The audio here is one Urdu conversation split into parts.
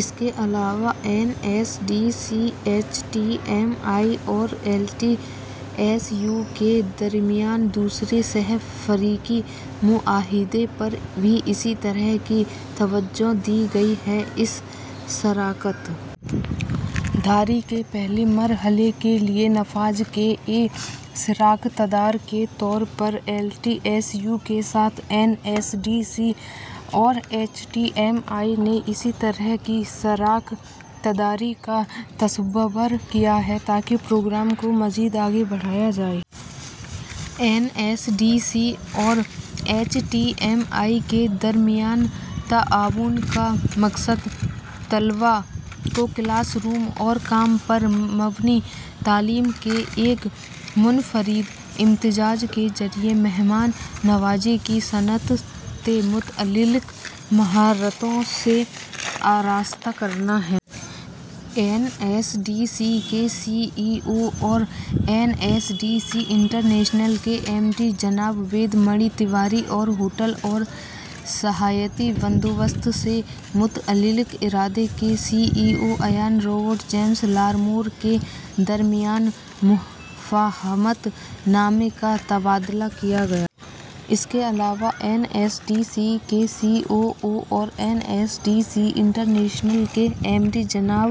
اس کے علاوہ N S D C ,H T M I اور ایل ٹی ایس یو کے درمیان دوسرے سہ فریقی معاہدے پر بھی اسی طرح کی توجہ دی گئی ہے۔ اس شراکت داری کے پہلے مرحلے کے لئے نفاذ کے ایک شراکت دار کے طور پر ایل ٹی ایس یو کے ساتھ این ایس ڈی سی اور ایچ ٹی ایم آئی نے اسی طرح کی شراکت داری کا تصور کیا ہے تاکہ پروگرام کو مزید آگے بڑھایا جائے۔ این ایس ڈی سی اور ایچ ٹی ایم آئی کے درمیان تعاون کا مقصد طلبا ء کو کلاس روم اور کام پر مبنی تعلیم کے ایک منفرد امتزاج کے ذریعہ مہماں نوازی کی صنعت سے متعلق مہارتو ں سے آراستہ کرنا ہے۔ این ایس ڈی سی کے سی ای او اور N S D C international کے ایم ڈی جناب وید منی تیواری اور ہوٹل اور سیاحتی بندوبست سے متعلق ادارے کے C E O Ian Robert James Larmour کے درمیان مفاہمت نامے کا تبادلہ کیا گیا۔ اس کے علاوہ این ایس ڈی سی کے سی او او اور N S D C international کے ایم ڈی جناب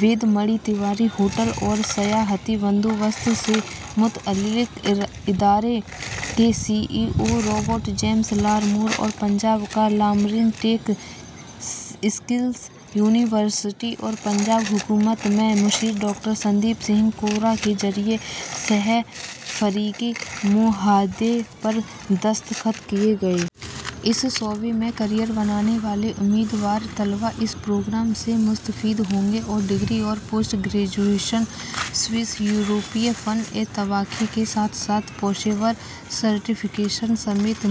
وید منی تیواری ، ہوٹل اور سیاحتی بندوبست سے متعلق ادارے کے C E O Robert James Larmour اور پنجاب کی لامرن ٹیک اسکلس یونیورسٹی اور پنجاب حکومت میں مشیر ڈاکٹر سندیپ سنگھ کورا کے ذریعہ سہ فریقی معاہدے پر دستخط کئے گئے۔ اس شعبے میں کیرئیر بنانے والے امیدوار طلباء اس پروگرام سے مستفید ہوں گے اور ڈگری اور پوسٹ گریجویشن ، سوئس یوروپی فن طباخی کے ساتھ ساتھ پیشہ ورانہ سرٹیفکیشن سمیت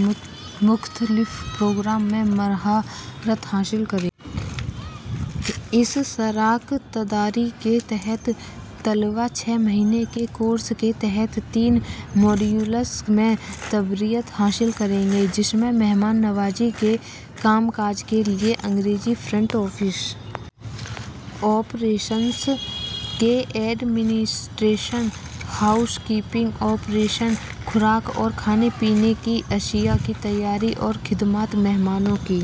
مختلف پروگراموں میں مہارت حاصل کریں گے۔ اس شراکت داری کے تحت طلباء چھ مہینے کے کورس کے تحت تین موڈیولس میں تربیت حاصل کریں گے۔ جس میں مہماں نوازی کے کا م کاج کے لئے انگریزی ، فرنٹ آفس آپریشنز اور administration, housekeeping operation, خوراک اور کھانے پینے کی اشیا کی تیاری اور خدمات ، مہمانوں کی